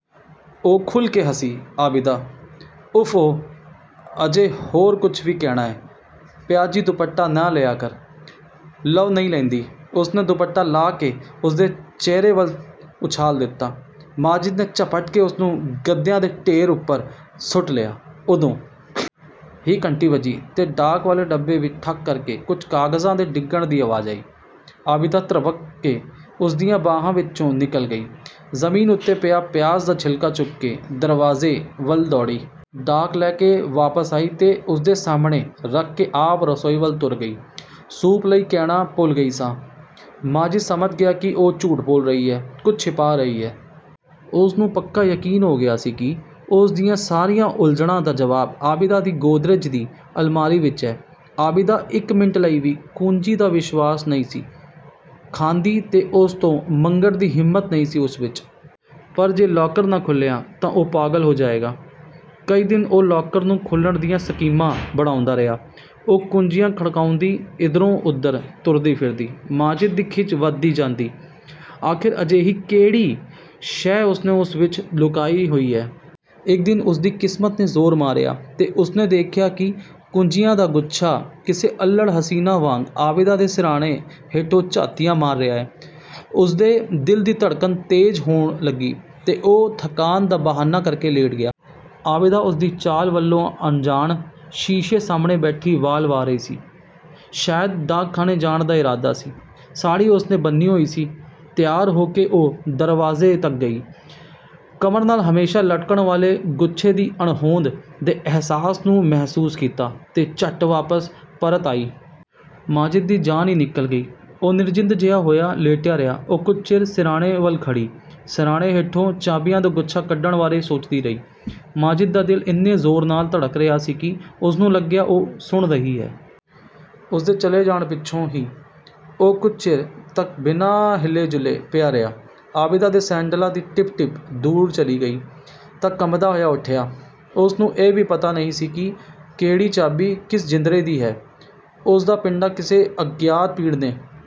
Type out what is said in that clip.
ਉਹ ਖੁੱਲ੍ਹ ਕੇ ਹੱਸੀ। "ਆਬਿਦਾ!" "ਉਫ਼-ਓ, ਅਜੇ ਹੋਰ ਕੁਝ ਵੀ ਕਹਿਣਾ ਹੈ?" "ਪਿਆਜ਼ੀ ਦੁਪੱਟਾ ਨਾ ਲਿਆ ਕਰ।" "ਲਓ ਨਹੀਂ ਲੈਂਦੀ।" ਉਸਨੇ ਦੁਪੱਟਾ ਲਾਹ ਕੇ ਉਸਦੇ ਚਿਹਰੇ ਵੱਲ ਉਛਾਲ ਦਿੱਤਾ। ਮਾਜਿਦ ਨੇ ਝਪਟ ਕੇ ਉਸਨੂੰ ਗੱਦਿਆਂ ਦੇ ਢੇਰ ਉੱਪਰ ਸੁੱਟ ਲਿਆ। ਉਦੋਂ ਹੀ ਘੰਟੀ ਵੱਜੀ ਤੇ ਡਾਕ ਵਾਲੇ ਡੱਬੇ ਵਿੱਚ ਠੱਕ ਕਰਕੇ ਕੁਝ ਕਾਗਜ਼ਾਂ ਦੇ ਡਿੱਗਣ ਦੀ ਆਵਾਜ਼ ਆਈ। ਆਬਿਦਾ ਤ੍ਰਭਕ ਕੇ ਉਸਦੀਆਂ ਬਾਹਾਂ ਵਿੱਚੋਂ ਨਿਕਲ ਗਈ। ਜ਼ਮੀਨ ਉੱਤੇ ਪਿਆ 'ਪਿਆਜ਼ ਦਾ ਛਿਲਕਾ' ਚੁੱਕ ਕੇ ਦਰਵਾਜ਼ੇ ਵੱਲ ਦੌੜੀ। ਡਾਕ ਲੈ ਕੇ ਵਾਪਸ ਆਈ ਤੇ ਉਸਦੇ ਸਾਹਮਣੇ ਰੱਖ ਕੇ ਆਪ ਰਸੋਈ ਵੱਲ ਤੁਰ ਗਈ, "ਸੂਪ ਲਈ ਕਹਿਣਾ ਭੁੱਲ ਗਈ ਸਾਂ।" ਮਾਜਿਦ ਸਮਝ ਗਿਆ ਕਿ ਉਹ ਝੂਠ ਬੋਲ ਰਹੀ ਹੈ, ਕੁਝ ਛਿਪਾ ਰਹੀ ਹੈ। ਉਸਨੂੰ ਪੱਕਾ ਯਕੀਨ ਹੋ ਗਿਆ ਸੀ ਕਿ ਉਸ ਦੀਆਂ ਸਾਰੀਆਂ ਉਲਝਣਾਂ ਦਾ ਜਵਾਬ ਆਬਿਦਾ ਦੀ ਗੋਦਰੇਜ ਦੀ ਅਲਮਾਰੀ ਵਿੱਚ ਹੈ। ਆਬਿਦਾ ਇੱਕ ਮਿੰਟ ਲਈ ਵੀ ਕੁੰਜੀ ਦਾ ਵਿਸ਼ਵਾਸ ਨਹੀਂ ਸੀ ਖਾਂਦੀ ਤੇ ਉਸ ਤੋਂ ਮੰਗਣ ਦੀ ਹਿੰਮਤ ਨਹੀਂ ਸੀ ਉਸ ਵਿੱਚ। ਪਰ ਜੇ ਲਾਕਰ ਨਾ ਖੁੱਲ੍ਹਿਆ ਤਾਂ ਉਹ ਪਾਗਲ ਹੋ ਜਾਏਗਾ। ਕਈ ਦਿਨ ਉਹ ਲਾਕਰ ਨੂੰ ਖੋਲ੍ਹਣ ਦੀਆਂ ਸਕੀਮਾਂ ਬਣਾਉਂਦਾ ਰਿਹਾ। ਉਹ ਕੁੰਜੀਆਂ ਖੜਕਾਉਂਦੀ ਇੱਧਰੋਂ-ਉੱਧਰ ਤੁਰੀ ਫਿਰਦੀ, ਮਾਜਿਦ ਦੀ ਖਿਝ ਵਧਦੀ ਜਾਂਦੀ। ਆਖਿਰ ਅਜਿਹੀ ਕਿਹੜੀ ਸ਼ੈ ਉਸਨੇ ਉਸ ਵਿੱਚ ਲੁਕਾਈ ਹੋਈ ਹੈ? ਇੱਕ ਦਿਨ ਉਸਦੀ ਕਿਸਮਤ ਨੇ ਜ਼ੋਰ ਮਾਰਿਆ ਤੇ ਉਸਨੇ ਦੇਖਿਆ ਕਿ ਕੁੰਜੀਆਂ ਦਾ ਗੁੱਛਾ ਕਿਸੇ ਅਲ੍ਹੜ ਹਸੀਨਾ ਵਾਂਗ ਆਬਿਦਾ ਦੇ ਸਿਰਹਾਣੇ ਹੇਠੋਂ ਝਾਤੀਆਂ ਮਾਰ ਰਿਹਾ ਹੈ। ਉਸਦੇ ਦਿਲ ਦੀ ਧੜਕਨ ਤੇਜ਼ ਹੋਣ ਲੱਗੀ ਤੇ ਉਹ ਥਕਾਨ ਦਾ ਬਹਾਨਾ ਕਰਕੇ ਲੇਟ ਗਿਆ। ਆਬਿਦਾ ਉਸਦੀ ਚਾਲ ਵੱਲੋਂ ਅਨਜਾਣ, ਸ਼ੀਸ਼ੇ ਸਾਹਮਣੇ ਬੈਠੀ ਵਾਲ ਵਾਹ ਰਹੀ ਸੀ। ਸ਼ਾਇਦ ਡਾਕਖਾਨੇ ਜਾਣ ਦਾ ਇਰਾਦਾ ਸੀ, ਸਾੜ੍ਹੀ ਉਸਨੇ ਬੰਨ੍ਹੀ ਹੋਈ ਸੀ। ਤਿਆਰ ਹੋ ਕੇ ਉਹ ਦਰਵਾਜ਼ੇ ਤੱਕ ਗਈ, ਕਮਰ ਨਾਲ ਹਮੇਸ਼ਾ ਲਟਕਣ ਵਾਲੇ ਗੁੱਛੇ ਦੀ ਅਣਹੋਂਦ ਦੇ ਅਹਿਸਾਸ ਨੂੰ ਮਹਿਸੂਸ ਕੀਤਾ ਤੇ ਝੱਟ ਵਾਪਸ ਪਰਤ ਆਈ। ਮਾਜਿਦ ਦੀ ਜਾਨ ਹੀ ਨਿਕਲ ਗਈ। ਉਹ ਨਿਰਜਿੰਦ ਜਿਹਾ ਹੋਇਆ ਲੇਟਿਆ ਰਿਹਾ। ਉਹ ਕੁਝ ਚਿਰ ਸਿਰਹਾਣੇ ਵੱਲ ਖੜ੍ਹੀ, ਸਿਰਹਾਣੇ ਹੇਠੋਂ ਚਾਬੀਆਂ ਦਾ ਗੁੱਛਾ ਕੱਢਣ ਬਾਰੇ ਸੋਚਦੀ ਰਹੀ। ਮਾਜਿਦ ਦਾ ਦਿਲ ਇੰਨੇ ਜ਼ੋਰ ਨਾਲ ਧੜਕ ਰਿਹਾ ਸੀ ਕਿ ਉਸਨੂੰ ਲੱਗਿਆ, ਉਹ ਸੁਣ ਰਹੀ ਹੈ। ਉਸਦੇ ਚਲੇ ਜਾਣ ਪਿੱਛੋਂ ਵੀ ਉਹ ਕੁਝ ਚਿਰ ਤੱਕ ਬਿਨਾਂ ਹਿੱਲੇ-ਜੁੱਲੇ ਪਿਆ ਰਿਹਾ। ਆਬਿਦਾ ਦੇ ਸੈਂਡਲਾਂ ਦੀ ਟਿਪ-ਟਿਪ ਦੂਰ ਚਲੀ ਗਈ ਤਾਂ ਕੰਬਦਾ ਹੋਇਆ ਉੱਠਿਆ। ਉਸਨੂੰ ਇਹ ਵੀ ਪਤਾ ਨਹੀਂ ਸੀ ਕਿ ਕਿਹੜੀ ਚਾਬੀ ਕਿਸ ਜਿੰਦਰੇ ਦੀ ਹੈ। ਉਸਦਾ ਪਿੰਡਾ ਕਿਸੇ ਅਗਿਆਤ ਪੀੜ ਨੇ